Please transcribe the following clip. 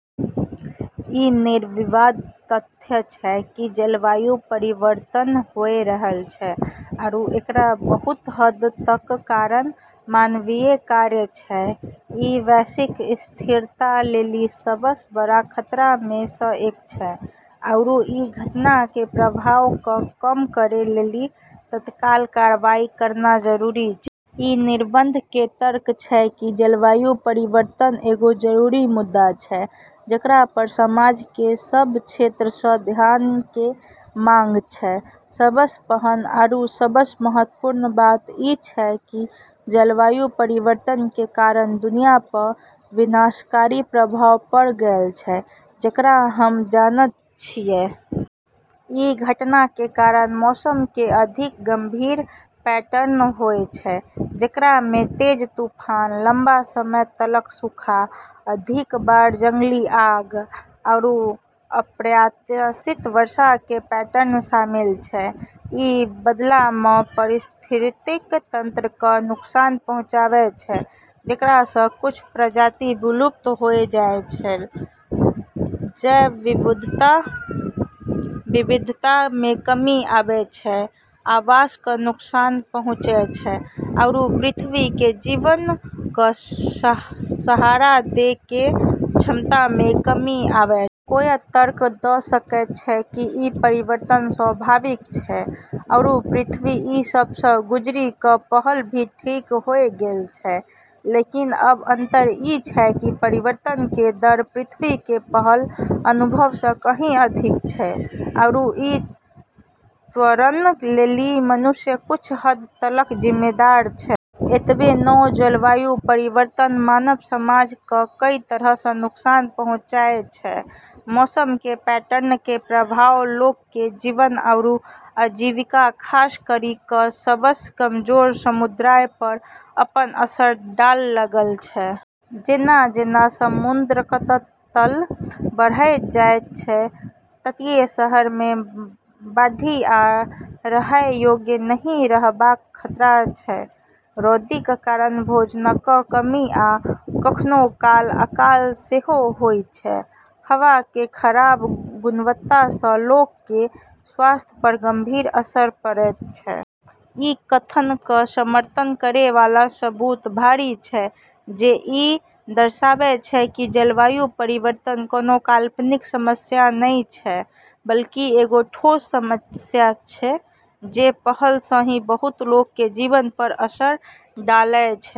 ई निर्विवाद तथ्य छै कि जलवायु परिवर्तन होय रहल छै आरू एकरा बहुत हद तक कारण मानवीय कार्य छै। ई वैश्विक स्थिरता लेली सबस बड़ खतरा मे स एक छै, आरू ई घटना के प्रभाव क कम करै लेली तत्काल कार्रवाई करना जरूरी छै। ई निबंध के तर्क छै कि जलवायु परिवर्तन एगो जरूरी मुद्दा छै जेकरा पर समाज के सब क्षेत्र स ध्यान के मांग छै। सबस पहल आरू सबस महत्वपूर्ण बात ई छै कि जलवायु परिवर्तन के कारण दुनिया प विनाशकारी प्रभाव पड़ लगल छै जेकरा हम जानत छियै। ई घटना के कारण मौसम के अधिक गंभीर पैटर्न होय छै, जेकरा मे तेज तूफान, लंबा समय तलक सूखा, अधिक बार जंगली आग, आरू अप्रत्याशित वर्षा के पैटर्न शामिल छै। ई बदला मे पारिस्थितिकी तंत्र क नुकसान पहुँचै छै, जेकरा स कुछ प्रजाति विलुप्त होय जाय छै, जैव विविधता मे कमी आबै छै, आवास क नुकसान पहुँचै छै आरू पृथ्वी के जीवन क सहारा दै के क्षमता मे कमी आबै छै। कोय तर्क द सकै छै कि ई परिवर्तन स्वाभाविक छै, आरू पृथ्वी ई सब स गुजरी क पहल भी ठीक होय गेल छै। लेकिन, अब अंतर ई छै कि परिवर्तन के दर पृथ्वी के पहल अनुभव स कहीं अधिक छै आरू ई त्वरण लेली मनुष्य कुछ हद तलक जिम्मेदार छै। एतबे नै जलवायु परिवर्तन मानव समाज क कई तरह स नुकसान पहुँचै छै। मौसम के पैटर्न के प्रभाव लोग के जीवन आरू आजीविका खास करी क सबस कमजोर समुदाय प अपन असर डाल लगल छै। जेना-जेना समुद्रक तल बढ़ैत जायत अछि, तटीय शहर मे बाढ़ि आ रहय योग्य नहिं रहबाक खतरा अछि। रौदीक कारण भोजनक कमी आ कखनो काल अकाल सेहो होइत अछि। हवा के खराब गुणवत्ता सं लोक के स्वास्थ्य पर गंभीर असर पड़ैत अछि। ई कथन के समर्थन करै वाला सबूत भारी छै, जे ई दर्शाबै छै कि जलवायु परिवर्तन कोनो काल्पनिक समस्या नै छै, बल्कि एगो ठोस समस्या छै जे पहल स ही बहुत लोग के जीवन प असर डालै छै।